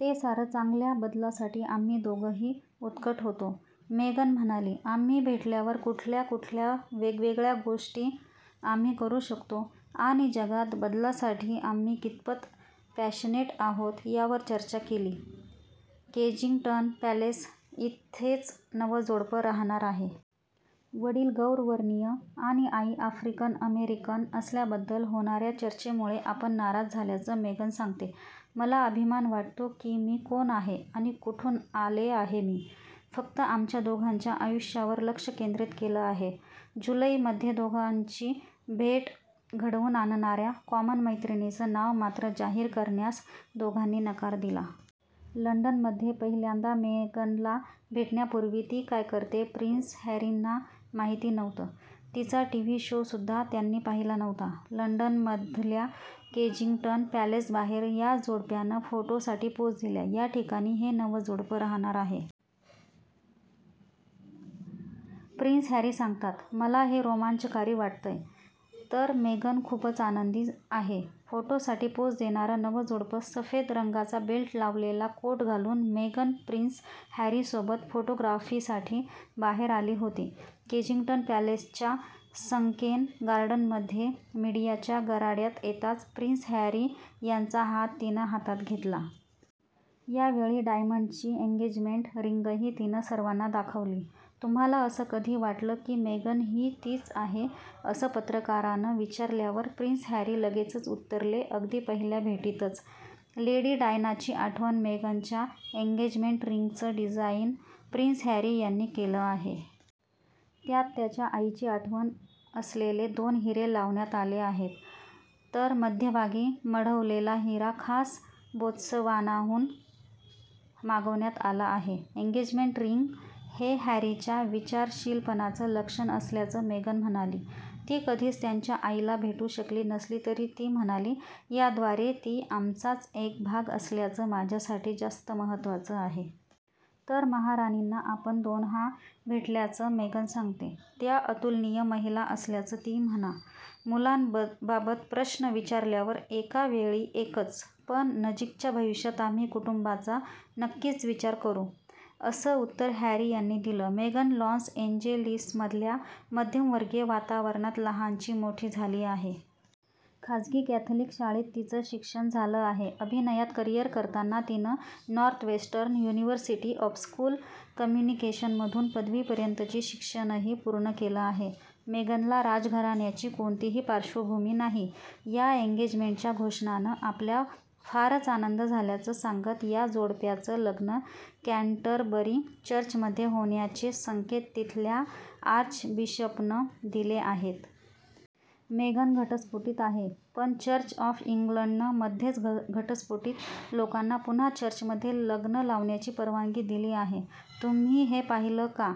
ते सारं. चांगल्या बदलासाठी आम्ही दोघंही उत्कट होतो. मेगन म्हणाली आम्ही भेटल्यावर कुठल्या कुठल्या वेगवेगळ्या गोष्टी आम्ही करू शकतो आणि जगात बदलासाठी आम्ही कितपत पॅशनेट आहोत यावर चर्चा केली. केंजिंग्टन पॅलेस: इथेच नवं जोडपं राहणार आहे. वडील गौरवर्णीय आणि आई आफ्रिकन-अमेरिकन असल्याबद्दल होणाऱ्या चर्चेमुळे आपण नाराज झाल्याचं मेगन सांगते. मला अभिमान वाटतो की मी कोण आहे आणि कुठून आले आहेमी फक्त आमच्या दोघांच्या आयुष्यावर लक्ष केंद्रीत केलं आहे. जुलै मध्ये दोघांची भेट घडवून आणणाऱ्या कॉमन मैत्रीणीचं नाव मात्र जाहीर करण्यास दोघांनी नकार दिला. लंडनमध्ये पहिल्यांदा मेगनला भेटण्यापूर्वी ती काय करते प्रिन्स हॅरींना माहिती नव्हतं. तिचा टीव्ही शो सुद्धा त्यांनी पाहिला नव्हता. लंडनमधल्या केंजिंग्टन पॅलेसबाहेर या जोडप्यानं फोटोसाठी पोज दिल्या. याच ठिकाणी हे नवं जोडपं राहणार आहे. प्रिन्स हॅरी सांगतात, मला हे रोमांचकारी वाटतयं. तर मेगन खूपच आनंदी आहे. फोटोसाठी पोज देणारं नवं जोडपं सफेद रंगांचा बेल्ट लावलेला कोट घालून मेगन प्रिन्स हॅरी सोबत फोटोग्राफीसाठी बाहेर आली होती. केंजिंग्टन पॅलेसच्या संकेन गार्डनमध्ये मीडियाच्या गराड्यात येताच प्रिन्स हॅरी यांचा हात तिनं हातात घेतला. यावेळी डायमंडची एंगेजमेंट रिंगही तिनं सर्वांना दाखवली. तुम्हाला असं कधी वाटलं की मेगन ही तीच आहे असं पत्रकारानं विचारल्यावर प्रिन्स हॅरी लगेचच उत्तरले अगदी पहिल्या भेटीतच. लेडी डायनाची आठवण मेगनच्या एंगेजमेंट रिंगचं डिझाईन प्रिन्स हॅरी यांनी केलं आहे. त्यात त्याच्या आईची आठवण असलेले दोन हिरे लावण्यात आले आहेत. तर मध्यभागी मढवलेला हिरा खास बोत्सवानाहून मागवण्यात आला आहे. एंगेजमेंट रिंग हे हॅरीच्या विचारशीलपणाचं लक्षण असल्याचं मेगन म्हणाली. ती कधीच त्यांच्या आईला भेटू शकली नसली तरी ती म्हणाली, याद्वारे ती आमचाच एक भाग असल्याचं माझ्यासाठी जास्त महत्वाचं आहे. तर महाराणींना आपण दोनहा भेटल्याचं मेगन सांगते. त्या अतुलनीय महिला असल्याचं ती म्हणा. मुलांबाबत प्रश्न विचारल्यावर "एकावेळी एकच. पण, नजीकच्या भविष्यात आम्ही कुटुंबाचा नक्कीच विचार करू. असं उत्तर हॅरी यांनी दिलं. मेगन लॉस एंजेलिसमधल्या मध्यमवर्गीय वातावरणात लहानाची मोठी झाली आहे. खाजगी कॅथलिक शाळेत तिचं शिक्षण झालं आहे. अभिनयात करिअर करताना तिनं नॉर्थवेस्टर्न युनिर्व्हसिटी स्कूल ऑफ कम्युनिकेशनमधून पदवीपर्यंतची शिक्षणही पूर्ण केलं आहे. मेगनला राजघराण्याची कोणतीही पार्श्वभूमी नाही. या एंगेजमेंटच्या घोषणानं आपल्या फारच आनंद झाल्याचं सांगत या जोडप्याचं लग्न कँटरबरी चर्चमध्ये होण्याचे संकेत तिथल्या आर्चबिशपनं दिले आहेत. मेगन घटस्फोटीत आहे. पण, चर्च ऑफ इंग्लडनं मध्येच घटस्फोटीत लोकांना पुन्हा चर्चमध्ये लग्न लावण्याची परवानगी दिली आहे. तुम्ही हे पाहिलं का?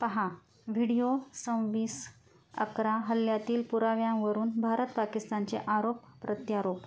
पाहा व्हीडिओ संविस / अकरा हल्ल्यातील पुराव्यांवरून भारत-पाकिस्तानचे आरोप प्रत्यारोप